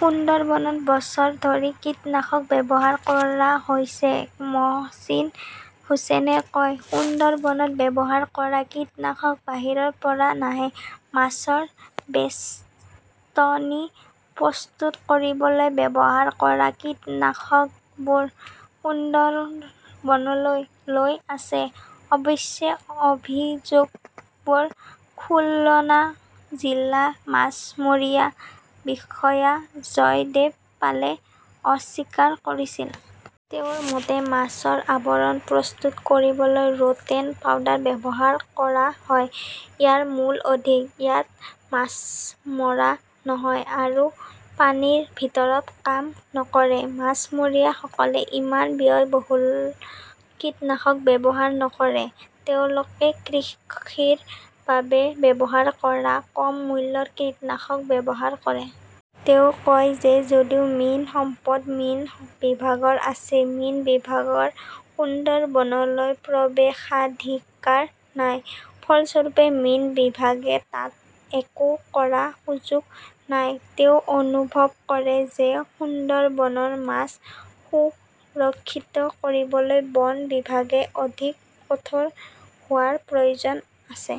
সুন্দৰবনত বছৰ ধৰি কীটনাশক ব্যৱহাৰ কৰা হৈছে, মহচিন হুচেইনে কয়। সুন্দৰবনত ব্যৱহাৰ কৰা কীটনাশক বাহিৰৰ পৰা নাহে। মাছৰ বেষ্টনী প্ৰস্তুত কৰিবলৈ ব্যৱহাৰ কৰা কীটনাশকবোৰ সুন্দৰবনলৈ গৈ আছে। অৱশ্যে অভিযোগবোৰ খুলনা জিলা মাছমৰীয়া বিষয়া জয়দেব পালে অস্বীকাৰ কৰিছিল। তেওঁৰ মতে, মাছৰ আৱৰণ প্ৰস্তুত কৰিবলৈ ৰোটেন পাউডাৰ ব্যৱহাৰ কৰা হয়। ইয়াৰ মূল্য অধিক। ইয়াত মাছ মৰা নহয় আৰু পানীৰ ভিতৰত কাম নকৰে। মাছমৰীয়াসকলে ইমান ব্যয়বহুল কীটনাশক ব্যৱহাৰ নকৰে। তেওঁলোকে কৃষিৰ বাবে ব্যৱহাৰ কৰা কম মূল্যৰ কীটনাশক ব্যৱহাৰ কৰে। তেওঁ কয় যে যদিও মীন সম্পদ মীন বিভাগৰ আছে, মীন বিভাগৰ সুন্দৰবনলৈ প্ৰৱেশাধিকাৰ নাই। ফলস্বৰূপে, মীন বিভাগে তাত একো কৰাৰ সুযোগ নাই, তেওঁ অনুভৱ কৰে যে সুন্দৰবনৰ মাছ সুৰক্ষিত কৰিবলৈ বন বিভাগে অধিক কঠোৰ হোৱাৰ প্ৰয়োজন আছে।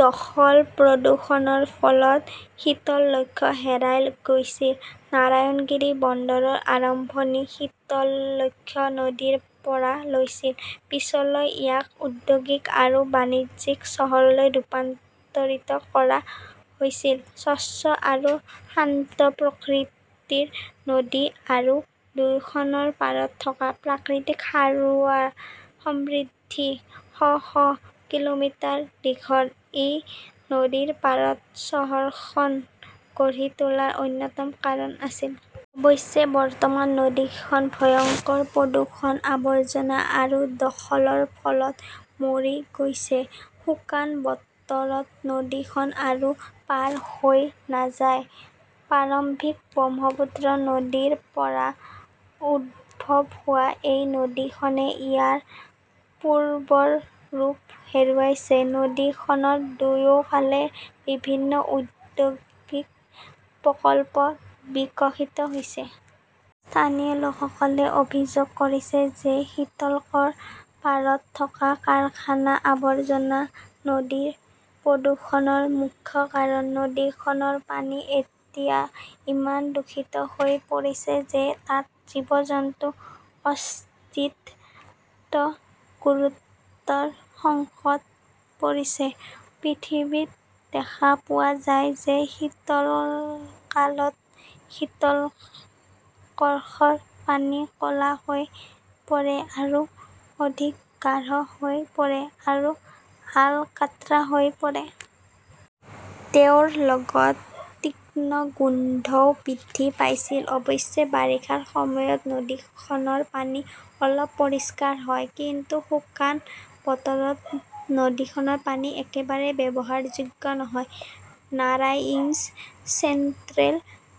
দখল-প্ৰদূষণৰ ফলত শীতৰ লক্ষ্য হেৰাই গৈছে। নাৰায়ণগিং বন্দৰৰ আৰম্ভণি শীতলক্ষ্য নদীৰ পৰা হৈছিল। পিছলৈ ইয়াক ঔদ্যোগিক আৰু বাণিজ্যিক চহৰলৈ ৰূপান্তৰিত কৰা হৈছিল। স্বচ্ছ আৰু শান্ত প্ৰকৃতিৰ নদী আৰু দুয়োখন পাৰত থকা প্ৰাকৃতিক খাৰুৱাৰ সমৃদ্ধি শ- শ কিলোমিটাৰ দীঘল, এই নদীৰ পাৰত চহৰখন গঢ়ি তোলাৰ অন্যতম কাৰণ আছিল। অৱশ্যে বৰ্তমান নদীখন ভয়ংকৰ প্ৰদূষণ, আৱৰ্জনা আৰু দখলৰ ফলত মৰি গৈছে। শুকান বতৰত নদীখন আৰু পাৰ হৈ নাযায়। প্ৰাৰম্ভিক ব্ৰহ্মপুত্ৰ নদীৰ পৰা উদ্ভৱ হোৱা এই নদীখনে ইয়াৰ পূৰ্বৰ ৰূপ হেৰুৱাইছে। নদীখনৰ দুয়োফালে বিভিন্ন ঔদ্যোগিক প্ৰকল্প বিকশিত হৈছে। স্থানীয় লোকসকলে অভিযোগ কৰিছে যে শীতলকৰ পাৰত থকা কাৰখানাৰ আৱৰ্জনা নদীৰ প্ৰদূষণৰ মুখ্য কাৰক। নদীখনৰ পানী এতিয়া ইমান দূষিত হৈ পৰিছে যে তাত জীৱ-জন্তুৰ অস্তিত্ব গুৰুতৰ সংকট পৰিছে। পৃথিৱীত দেখা পোৱা যায় যে শীতকালত শীতলকশৰ পানী ক 'লা হৈ পৰে আৰু অধিক গাঢ় হৈ পৰে আৰু আলকাট্ৰা হৈ পৰে। তেওঁৰ লগত তিক্ত গোন্ধও বৃদ্ধি পাইছিল। অৱশ্যে, বাৰিষাৰ সময়ত নদীখনৰ পানী অলপ পৰিষ্কাৰ হয়, কিন্তু শুকান বতৰত নদীখনৰ পানী একেবাৰে ব্যৱহাৰযোগ্য নহয়। নাৰাংইজ চেণ্ট্ৰেল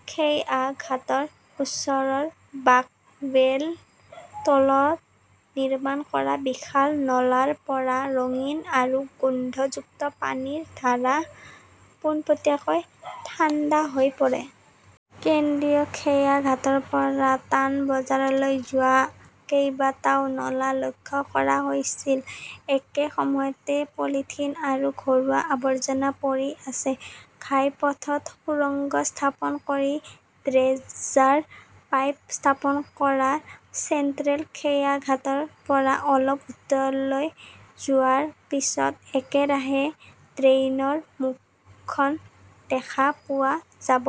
খেয়াঘাটৰ ওচৰৰ ৱাকৱেৰ তলত নিৰ্মাণ কৰা বিশাল নলাৰ পৰা ৰঙীন আৰু গোন্ধযুক্ত পানীৰ ধাৰা পোনপটীয়াকৈ ঠাণ্ডা হৈ পৰে। কেন্দ্ৰীয় খেয়াঘাটৰ পৰা তানবাজাৰলৈ যোৱা কেইবাটাও নলা লক্ষ্য কৰা হৈছিল, একে সময়তে পলিথিন আৰু ঘৰুৱা আৱৰ্জনাও পৰি আছে। ঘাইপথত সুৰঙ্গ স্থাপন কৰি ড্ৰেজাৰ পাইপ স্থাপন কৰা চেণ্ট্ৰেল খেয়াঘাটৰ পৰা অলপ উত্তৰলৈ যোৱাৰ পিছত একেৰাহে ড্ৰেইনৰ মুখখন দেখা পোৱা যাব।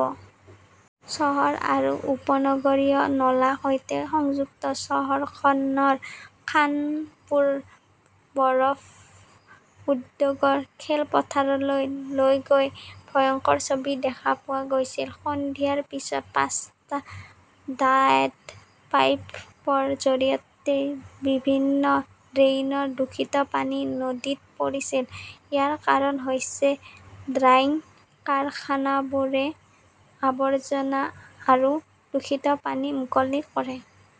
চহৰ আৰু উপনগৰীয় নলাৰ সৈতে সংযুক্ত। চহৰখনৰ খানপুৰ বৰফ উদ্যোগৰ খেলপথাৰলৈ গৈ ভয়ংকৰ ছবি দেখা পোৱা গৈছিল। সন্ধিয়াৰ পিছত পাঁচটা ডাঠ পাইপৰ জৰিয়তে বিভিন্ন ডাইঙৰ দূষিত পানী নদীত পৰিছিল। ইয়াৰ কাৰণ হৈছে ডাইং কাৰখানাবোৰে আৱৰ্জনা আৰু দূষিত পানী মুকলি কৰে।